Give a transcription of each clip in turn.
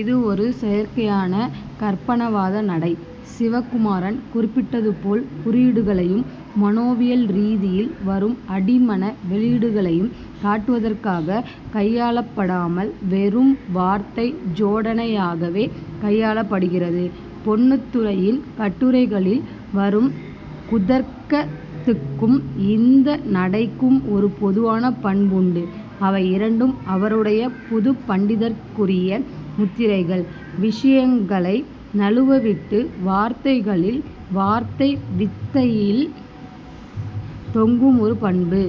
இது ஒரு செயற்கையான கற்பனாவாத நடை. சிவகுமாரன் குறிப்பிட்டது போல், குறியீடுகளையும் மனோவியல் ரீதியில் வரும் அடிமன வெளியீடுகளையும் காட்டுவதற்காகக் கையாளப்படாமல், வெறும் வார்த்தை ஜோடனையாகவே கையாளப்படுகிறது. பொன்னுத்துரையின் கட்டுரைகளில் வரும் குதர்க்கத்துக்கும் இந்த நடைக்கும் ஒரு பொதுவான பண்புண்டு. அவை இரண்டும் அவருடைய புதுப் பண்டிதற்குரிய முத்திரைகள்; விஷயங்களை நழுவவிட்டு வார்த்தைகளில், வார்த்தை வித்தையில் தொங்கும் ஒரு பண்பு.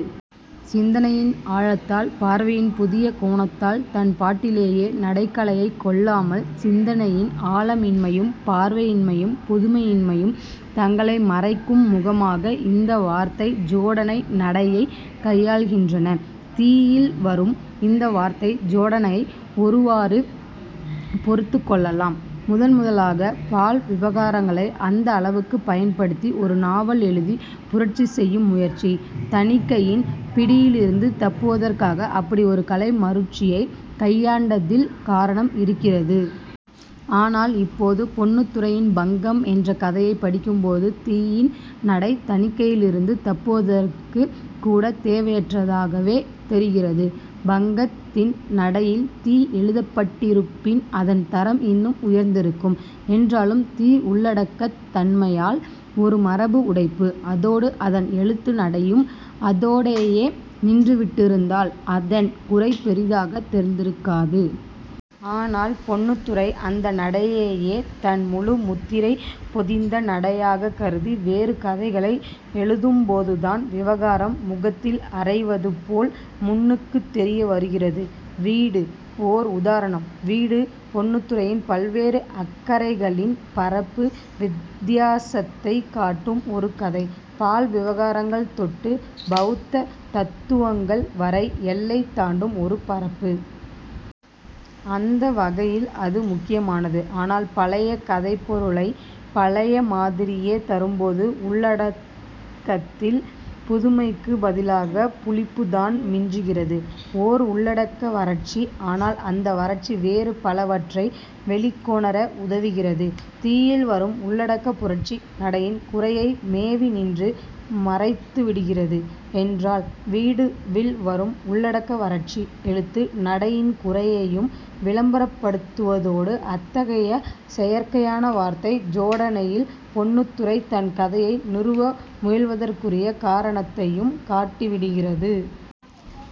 சிந்தனையின் ஆழத்தால், பார்வையின் புதிய கோணத்தால், தன்பாட்டிலேயே நடை கலையைக் கொள்ளாமல்... சிந்தனையின் ஆழமின்மையும், பார்வையின்மையும், புதுமையின்மையும் தங்களை மறைக்கும் முகமாக இந்த வார்த்தை ஜோடனை நடையைக் கையாள்கின்றன. 'தீ'யில் வரும் இந்த வார்த்தை ஜோடனை ஒருவாறு பொறுத்துக் கொள்ளலாம். முதன்முதலாகப் பால் விவகாரங்களை அந்த அளவுக்குப் பயன்படுத்தி ஒரு நாவல் எழுதிப் புரட்சி செய்யும் முயற்சி; தணிக்கையின் பிடியிலிருந்து தப்புவதற்காக அப்படி ஒரு கலை மருட்சியைக் கையாண்டதில் காரணம் இருக்கிறது. ஆனால், இப்போது பொன்னுத்துரையின் 'பங்கம்' என்ற கதையைப் படிக்கும்போது, 'தீ'யின் நடை தணிக்கையிலிருந்து தப்புவதற்குக் கூடத் தேவையற்றதாகவே தெரிகிறது. 'பங்கத்'தின் நடையில் 'தீ' எழுதப்பட்டிருப்பின், அதன் தரம் இன்னும் உயர்ந்திருக்கும். என்றாலும், 'தீ' உள்ளடக்கத் தன்மையால் ஒரு மரபு உடைப்பு. அதோடு அதன் எழுத்து நடையும் அதோடேயே நின்றுவிட்டிருந்தால், அதன் குறை பெரிதாகத் தெரிந்திருக்காது. ஆனால் பொன்னுத்துரை அந்த நடையையே தன் முழு முத்திரை பொதிந்த நடையாகக் கருதி வேறு கதைகளை எழுதும்போதுதான், விவகாரம் முகத்தில் அறைவது போல் முன்னுக்குத் தெரியவருகிறது. 'வீடு' ஓர் உதாரணம். 'வீடு' பொன்னுத்துரையின் பல்வேறு அக்கறைகளின் பரப்பு வித்தியாசத்தைக் காட்டும் ஒரு கதை. பால் விவகாரங்கள் தொட்டு பௌத்த தத்துவங்கள் வரை எல்லை தாண்டும் ஒரு பரப்பு. அந்த வகையில் அது முக்கியமானது. ஆனால் பழைய கதைப்பொருளைப் பழைய மாதிரியே தரும்போது, உள்ளடக்கத்தில் புதுமைக்குப் பதிலாகப் புளிப்புதான் மிஞ்சுகிறது; ஓர் உள்ளடக்க வறட்சி. ஆனால் அந்த வறட்சி வேறு பலவற்றை வெளிக்கொணர உதவுகிறது. 'தீ'யில் வரும் உள்ளடக்கப் புரட்சி நடையின் குறையை மேவி நின்று மறைத்துவிடுகிறது என்றால், 'வீடு'வில் வரும் உள்ளடக்க வறட்சி எழுத்து நடையின் குறையையும் விளம்பரப்படுத்துவதோடு, அத்தகைய செயற்கையான வார்த்தை ஜோடனையில் பொன்னுத்துரை தன் கதையை நிறுவ முயல்வதற்குரிய காரணத்தையும் காட்டிவிடுகிறது.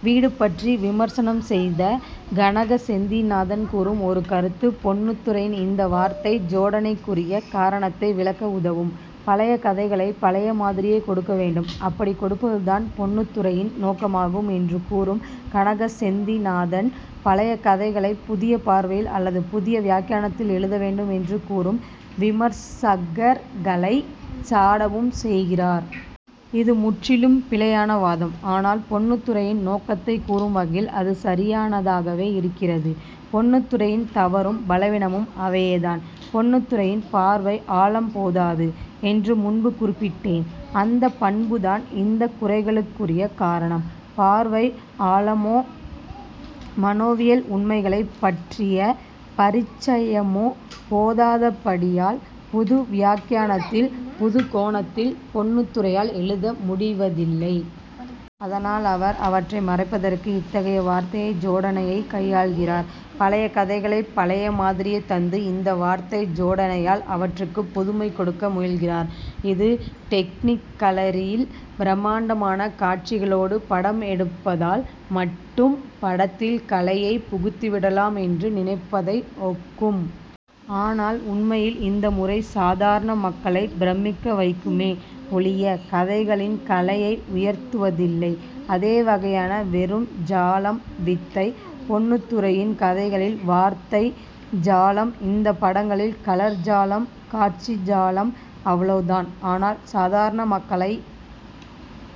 'வீடு' பற்றி விமர்சனம் செய்த கனக செந்திநாதன் கூறும் ஒரு கருத்து, பொன்னுத்துரையின் இந்த வார்த்தை ஜோடனைக்குரிய காரணத்தை விளக்க உதவும். "பழைய கதைகளைப் பழைய மாதிரியே கொடுக்க வேண்டும்; அப்படிக் கொடுப்பதுதான் பொன்னுத்துரையின் நோக்கமாகும்" என்று கூறும் கனக செந்திநாதன், பழைய கதைகளைப் புதிய பார்வையில் அல்லது புதிய வியாக்கியானத்தில் எழுத வேண்டும் என்று கூறும் விமர்சகர்களைச் சாடவும் செய்கிறார். இது முற்றிலும் பிழையான வாதம். ஆனால் பொன்னுத்துரையின் நோக்கத்தைக் கூறும் வகையில் அது சரியானதாகவே இருக்கிறது. பொன்னுத்துரையின் தவறும் பலவீனமும் அவையேதான். பொன்னுத்துரையின் பார்வை ஆழம் போதாது என்று முன்பு குறிப்பிட்டேன். அந்தப் பண்புதான் இந்தக் குறைகளுக்குரிய காரணம். பார்வை ஆழமோ மனோவியல் உண்மைகளைப் பற்றிய பரிச்சயமோ போதாதபடியால், புது வியாக்கியானத்தில், புதுக்கோணத்தில் பொன்னுத்துரையால் எழுத முடிவதில்லை. அதனால் அவர் அவற்றை மறைப்பதற்கு இத்தகைய வார்த்தை ஜோடனையைக் கையாள்கிறார். பழைய கதைகளைப் பழைய மாதிரியே தந்து, இந்த வார்த்தை ஜோடனையால் அவற்றுக்குப் புதுமை கொடுக்க முயல்கிறார். இது டெக்னிகலரில் பிரம்மாண்டமான காட்சிகளோடு படம் எடுப்பதால் மட்டும் படத்தில் கலையைப் புகுத்திவிடலாம் என்று நினைப்பதை ஒக்கும். ஆனால் உண்மையில் இந்த முறை சாதாரண மக்களைப் பிரமிக்க வைக்குமே ஒழிய, கதைகளின் கலையை உயர்த்துவதில்லை. அதே வகையான வெறும் ஜாலம்; வித்தை. பொன்னுத்துரையின் கதைகளில் வார்த்தை ஜாலம்; இந்தப் படங்களில் கலர் ஜாலம், காட்சி ஜாலம் — அவ்வளவுதான். ஆனால் சாதாரண மக்களை